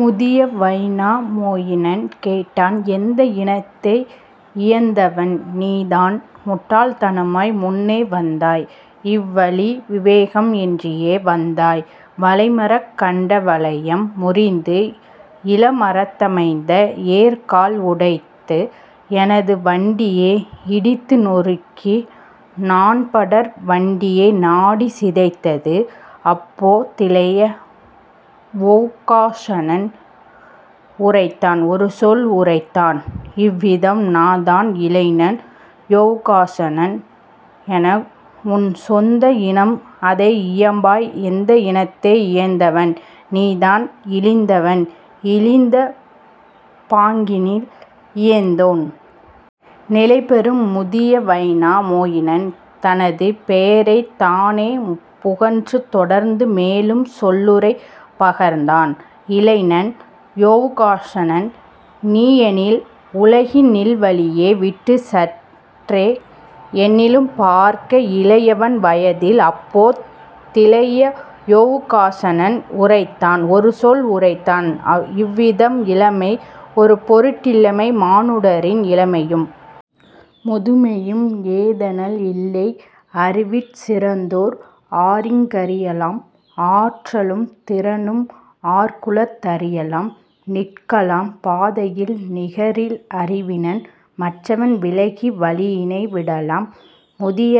முதிய Vainamoinen கேட்டான் எந்த இனத்தை இயைந்தவன் நீதான் முட்டாள்தனமாய் முன்னே வந்தாய் இவ்வழி விவேகம் இன்றியே வந்தாய் வளைமரக் கண்டவளையம் முறித்து இளமரத்தமைந்த ஏர்க்கால் உடைத்து எனது வண்டியை இடித்துநொருக்கி நான்படர் வண்டியை நாடிச் சிதைத்தது. அப்போ திளைய யொவுகாஹைனன் உரைத்தான் ஒருசொல் உரைத்தான் இவ்விதம் நான்தான் இளைஞன் யொவுகாஹைனன் எதுஉன் சொந்த இனம்அதை இயம்பாய் எந்த இனத்தை இயைந்தவன் நீதான் இழிந்தவன் இழிந்த பாங்கினில் இயைந்தோன். நிலைபெறும் முதிய வைனா மொயினன் தனது பெயரைத் தானே புகன்று தொடர்ந்து மேலும் சொல்லுரை பகர்ந்தான் இளைஞன் யொவுகாஹைனன் நீயெனில் விலகிநில் வழியை விட்டுச் சற்றே என்னிலும் பார்க்க இளையவன் வயதில். அப்போ திளைய யொவுகாஹைனன் உரைத்தான் ஒருசொல் உரைத்தான் இவ்விதம் இளமை ஒருபொருட்டில்லைமானுடரில் இளமையும் முதுமையும் ஏதெனல் இல்லை அறிவிற் சிறந்தோர் ஆரிங்கறியலாம் ஆற்றலும் திறனும் ஆர்க்குள தறியலாம் நிற்கலாம் பாதையில் நிகரில் அறிவினன் மற்றவன் விலகி வழியினை விடலாம் முதிய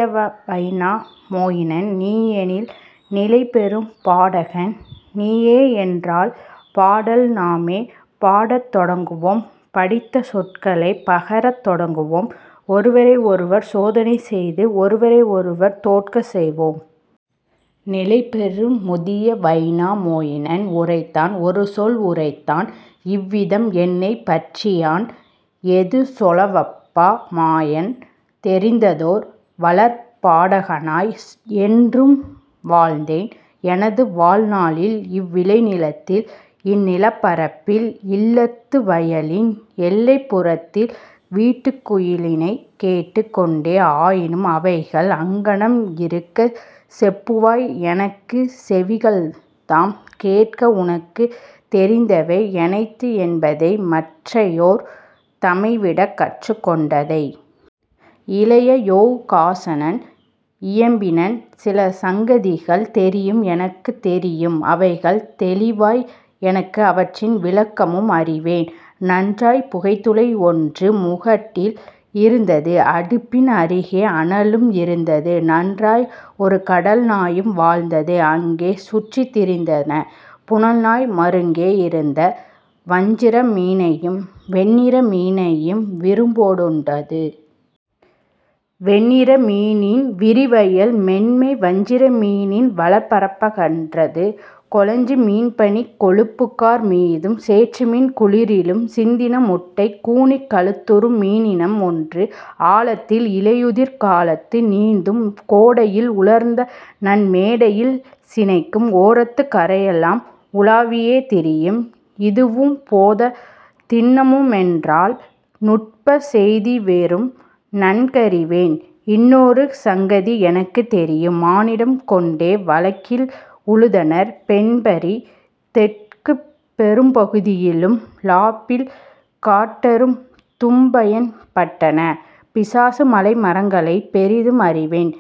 வைனா மொயினன் நீயெனில் நிலைபெறும் பாடகன் நீயேயென்றால் பாடல் நாமே பாடத் தொடங்குவோம் படித்த சொற்களைப் பகரத் தொடங்குவோம் ஒருவரை ஒருவர் சோதனை செய்து ஒருவரை ஒருவர் தோற்கச் செய்வோம். நிலைபெறும் முதிய வைனா மொயினன் உரைத்தான் ஒருசொல் உரைத்தான் இவ்விதம் என்னைப் பற்றியான் எதுசொலவப்பா மாயம் தெரிந்ததோர் வளர்பாடகனாய் என்றும் வாழ்ந்தேன் எனதுவாழ் நாளில் இவ்விளைநிலத்தில் இந்நிலப்பரப்பில் இல்லத்து வயலின் எல்லைப்புறத்தில் வீட்டுக்குயிலினைக் கேட்டுக் கொண்டே ஆயினும் அவைகள் அங்ஙனம் இருக்க செப்புவாய் எனக்குச் செவிகள்தாம் கேட்க உனக்குத் தெரிந்தவை எனைத்து என்பதை மற்றையோர் தமைவிடக் கற்றுக் கொண்டதை. இளைய யொவுகாஹைனன் இயம்பினன் சிலசங்கதிகள் தெரியும் எனக்கு தெரியும் அவைகள் தெளிவாய் எனக்கு அவற்றின் விளக்கமும் அறிவேன் நன்றாய் புகைத்துளை ஒன்று முகட்டில் இருந்தது அடுப்பின் அருகே அனலும் இருந்தது. நன்றாய் ஒருகடல் நாயும் வாழ்ந்தது அங்கே சுற்றித் திரிந்ததப் புனல்நாய் மருங்கே யிருந்த வஞ்சிர மீனையும் வெண்ணிற மீனையும் விருப்போடுண்டது. வெண்ணிற மீனின் விரிவயல் மென்மை வஞ்சிர மீனின் வளர்ப்பரப்பகன்றது கோலாச்சி மீன்பனிக் கொழும்புகார் மீதும் சேற்றுமீன் குளிரிலும் சிந்தின முட்டை. கூனிய கழுத்துறும் மீனினம் ஒன்று ஆழத்தில் இலையுதிர்காலத்து நீந்தும் கோடையில் உலர்ந்தநன்மேடையில் சினைக்கும் ஓரத்துக் கரையெலாம் உலாவியே திரியும். இதுவும் போதா தின்னமுமென்றால் நுட்பச் செய்திவேறுள நன்கறிவேன் இன்னொரு சங்கதி எனக்குத் தெரியும் மானிடம் கொண்டே வடக்கில் உழுதனர் பெண்பரி தெற்குப்பெரும்பகுதியிலும் லாப்பில் காட்டெரு தும்பயன் பட்டன பிஸாமலை மரங்களைப் பெரிதும் அறிவேன்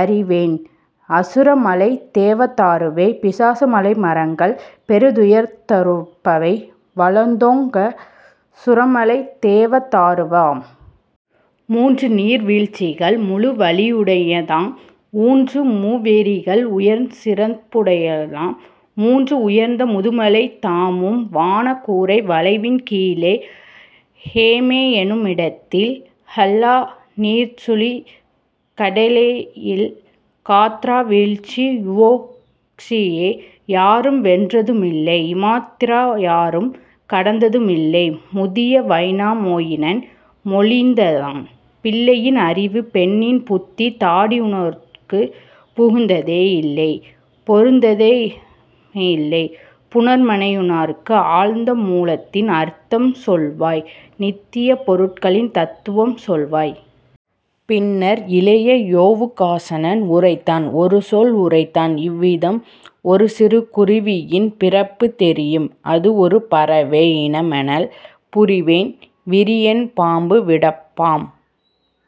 அறிவேன் அசுரமலைத்தேவதாருவை பிஸாமலை மரங்கள் பெரிதுயர்ந்துறுபவை வளர்தோங்கசுரமலைத்தேவதாருவாம். மூன்றுநீர் வீழ்ச்சிகள் முழுவலியுடைத்தாங் ஊன்று மூவேரிகள் உயர்சிறப்புடனுள மூன்று உயர்ந்த முதுமலை தாமும் வானக்கூரை வளைவின் கீழே ஹமேஎனுமிடத்தில் ஹல்லா நீர்ச்சுழி கரேலியில் காத்ரா வீழ்ச்சி வுவோக்ஸியை யாரும் வென்றதுமில்லை இமாத்திரா யாரும் கடந்ததுமில்லை. முதிய வைனா மொயினன் மொழிந்தான் பிள்ளையின் அறிவு பெண்ணின் புத்தி தாடியுளோர்க்குத் தகுந்ததே யில்லை பொருத்தமே யில்லைப் புணர்மனையுளார்க்கு ஆழ்ந்த மூலத்தின் அர்த்தம் சொல்வாய் நித்தியப் பொருட்களின் தத்துவம் சொல்வாய். பின்னர் இளைய யொவுகாஹைனன் உரைத்தான் ஒருசொல் உரைத்தான் இவ்விதம் ஒருசிறு குருவியின் பிறப்புத் தெரியும் அதுஒரு பறவை இனமெனல் புரிவேன் விரியன் பாம்பு விடப்பாம்